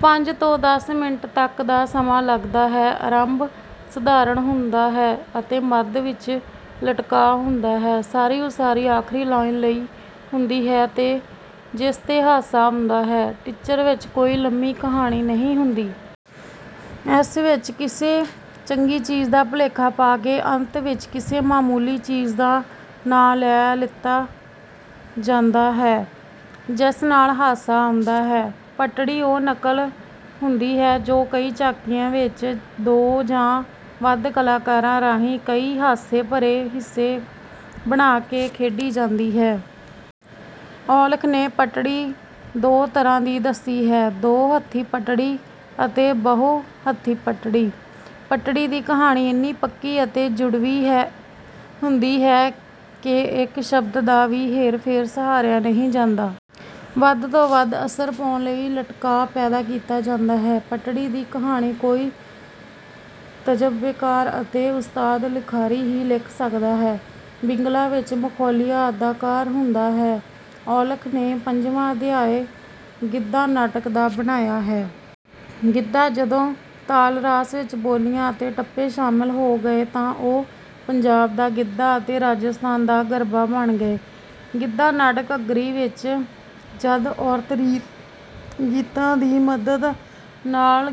ਪੰਜ ਤੋਂ ਦੱਸ ਮਿੰਟ ਤੱਕ ਦਾ ਸਮਾਂ ਲੱਗਦਾ ਹੈ। ਆਰੰਭ ਸਾਧਾਰਨ ਹੁੰਦਾ ਹੈ ਅਤੇ ਮੱਧ ਵਿੱਚ ਲਟਕਾਅ ਹੁੰਦਾ ਹੈ। ਸਾਰੀ ਉਸਾਰੀ ਆਖਰੀ ਲਾਈਨ ਲਈ ਹੁੰਦੀ ਹੈ ਜਿਸ ਤੇ ਹਾਸਾ ਆਉਂਦਾ ਹੈ। ਟਿਚਰ ਵਿੱਚ ਕੋਈ ਲੰਮੀ ਕਹਾਣੀ ਨਹੀਂ ਹੁੰਦੀ। ਇਸ ਵਿੱਚ ਕਿਸੇ ਚੰਗੀ ਚੀਜ਼ ਦਾ ਭੁਲੇਖਾ ਪਾ ਕੇ ਅੰਤ ਵਿੱਚ ਕਿਸੇ ਮਾਮੂਲੀ ਚੀਜ਼ ਦਾ ਨਾਂ ਲੈ ਦਿੱਤਾ ਜਾਂਦਾ ਹੈ, ਜਿਸ ਨਾਲ ਹਾਸਾ ਆਉਂਦਾ ਹੈ। ਪਟੜੀ ਉਹ ਨਕਲ ਹੁੰਦੀ ਹੈ ਜੋ ਕਈ ਝਾਕੀਆਂ ਵਿੱਚ ਦੋ ਜਾਂ ਵੱਧ ਕਲਾਕਾਰਾਂ ਰਾਹੀਂ ਕਈ ਹਾਸੇ ਭਰੇ ਹਿੱਸੇ ਬਣਾ ਕੇ ਖੇਡੀ ਜਾਂਦੀ ਹੈ। ਔਲਖ ਨੇ ਪਟੜੀ ਦੋ ਤਰ੍ਹਾਂ ਦੀ ਦੱਸੀ ਹੈ। ਦੋ ਹੱਥੀ ਪਟੜੀ ਅਤੇ ਬਹੁ ਹੱਥੀ ਪਟੜੀ। ਪਟੜੀ ਦੀ ਕਹਾਣੀ ਇੰਨੀ ਪੱਕੀ ਅਤੇ ਜੁੜਵੀਂ ਹੁੰਦੀ ਹੈ ਕਿ ਇੱਕ ਸ਼ਬਦ ਦਾ ਵੀ ਹੇਰ-ਫੇਰ ਸਹਾਰਿਆ ਨਹੀਂ ਜਾਂਦਾ। ਵੱਧ ਤੋਂ ਵੱਧ ਅਸਰ ਪਾਉਣ ਲਈ ਲਟਕਾਅ ਪੈਦਾ ਕੀਤਾ ਜਾਂਦਾ ਹੈ। ਪਟੜੀ ਦੀ ਕਹਾਣੀ ਕੋਈ ਤਜਰਬੇਕਾਰ ਅਤੇ ਉਸਤਾਦ ਲਿਖਾਰੀ ਹੀ ਲਿਖ ਸਕਦਾ ਹੈ। ਬਿਗਲਾ ਇੱਕ ਮਖੌਲੀਆ ਅਦਾਕਾਰ ਹੁੰਦਾ ਹੈ। ਔਲਖ ਨੇ ਪੰਜਵਾਂ ਅਧਿਆਇ ਗਿੱਧਾ ਨਾਟਕ ਦਾ ਬਣਾਇਆ ਹੈ। ਗਿੱਧਾ ਜਦੋਂ ਤਾਲ ਰਾਸ ਵਿੱਚ ਬੋਲੀਆਂ ਅਤੇ ਟੱਪੇ ਸ਼ਾਮਲ ਹੋ ਗਏ ਤਾਂ ਉਹ ਪੰਜਾਬ ਦਾ ਗਿੱਧਾ ਅਤੇ ਰਾਜਸਥਾਨ ਦਾ ਗਰਭਾ ਬਣ ਗਏ। ਗਿੱਧਾ ਨਾਟਕ ਘੱਗਰੀ ਵਿੱਚ ਜਦ ਔਰਤਾਂ ਗੀਤਾਂ ਦੀ ਮਦ ਨਾਲ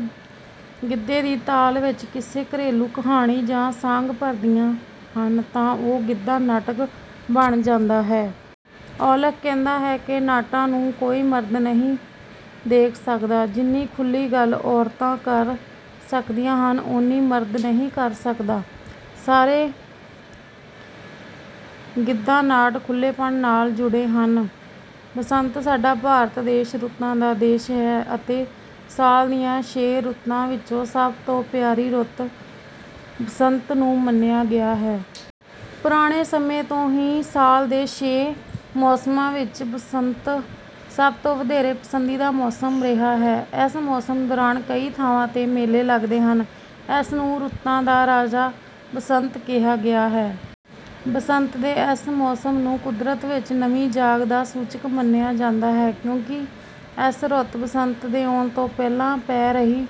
ਗਿੱਧੇ ਦੀ ਤਾਲ ਵਿੱਚ ਕਿਸੇ ਘਰੇਲੂ ਕਹਾਣੀ ਦਾ ਸਾਂਗ ਭਰਦੀਆਂ ਹਨ ਤਾਂ ਉਹ ਗਿੱਧਾ ਨਾਟਕ ਬਣ ਜਾਂਦਾ ਹੈ। ਔਲਖ ਕਹਿੰਦਾ ਹੈ ਕਿ ਨਾਟਾਂ ਨੂੰ ਕੋਈ ਮਰਦ ਨਹੀਂ ਦੇਖ ਸਕਦਾ। ਜਿੰਨੀ ਖੁੱਲ੍ਹੀ ਗੱਲ ਔਰਤਾਂ ਕਰ ਸਕਦੀਆਂ ਹਨ, ਓਨੀ ਮਰਦ ਨਹੀਂ ਕਰ ਸਕਦਾ। ਇਹ ਸਾਰੇ ਗਿੱਧਾ ਨਾਟ ਖੁੱਲ੍ਹੇਪਨ ਨਾਲ ਜੁੜੇ ਹਨ। ਬਸੰਤ ਸਾਡਾ ਭਾਰਤ ਦੇਸ਼ ਰੁੱਤਾਂ ਦਾ ਦੇਸ਼ ਹੈ ਅਤੇ ਸਾਲ ਦੀਆਂ ਛੇ ਰੁੱਤਾਂ ਵਿੱਚੋਂ ਸਭ ਤੋਂ ਪਿਆਰੀ ਰੁੱਤ ਬਸੰਤ ਨੂੰ ਮੰਨਿਆ ਗਿਆ ਹੈ। ਪੁਰਾਣੇ ਸਮੇਂ ਤੋਂ ਹੀ ਸਾਲ ਦੇ ਛੇ ਮੌਸਮਾਂ ਵਿੱਚੋਂ ਬਸੰਤ ਸਭ ਤੋਂ ਵਧੇਰੇ ਪਸੰਦੀਦਾ ਮੌਸਮ ਰਿਹਾ ਹੈ। ਇਸ ਮੌਸਮ ਦੌਰਾਨ ਕਈ ਥਾਵਾਂ ਤੇ ਮੇਲੇ ਲੱਗਦੇ ਹਨ। ਇਸ ਨੂੰ ਰੁੱਤਾਂ ਦਾ ਰਾਜਾ ਬਸੰਤ ਕਿਹਾ ਗਿਆ ਹੈ। ਬਸੰਤ ਦੇ ਇਸ ਮੌਸਮ ਨੂੰ ਕੁਦਰਤ ਵਿੱਚ ਨਵੀਂ ਜਾਗ ਦਾ ਸੂਚਕ ਮੰਨਿਆ ਜਾਂਦਾ ਹੈ ਕਿਉਂਕਿ ਇਸ ਰੁੱਤ ਬਸੰਤ ਦੇ ਆਉਣ ਤੋਂ ਪਹਿਲਾਂ ਪੈ ਰਹੀ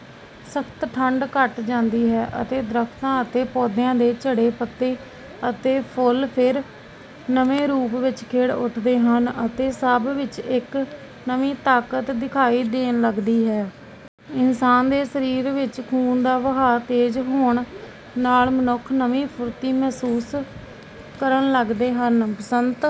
ਸਖ਼ਤ ਠੰਢ ਘੱਟ ਜਾਂਦੀ ਹੈ ਅਤੇ ਦਰੱਖਤਾਂ ਅਤੇ ਪੌਦਿਆਂ ਦੇ ਝੜੇ ਪੱਤੇ ਅਤੇ ਫੁੱਲ ਫਿਰ ਨਵੇਂ ਰੂਪ ਵਿੱਚ ਖਿੜ ਉੱਠਦੇ ਹਨ ਅਤੇ ਸਭ ਵਿੱਚ ਇੱਕ ਨਵੀਂ ਤਾਕਤ ਦਿਖਾਈ ਦੇਣ ਲੱਗਦੀ ਹੈ। ਇਨਸਾਨ ਦੇ ਸਰੀਰ ਵਿੱਚ ਖੂਨ ਦਾ ਵਹਾਅ ਤੇਜ਼ ਹੋਣ ਨਾਲ ਮਨੁੱਖ ਨਵੀਂ ਫੁਰਤੀ ਮਹਿਸੂਸ ਕਰਨ ਲੱਗਦੇ ਹਨ। ਬਸੰਤ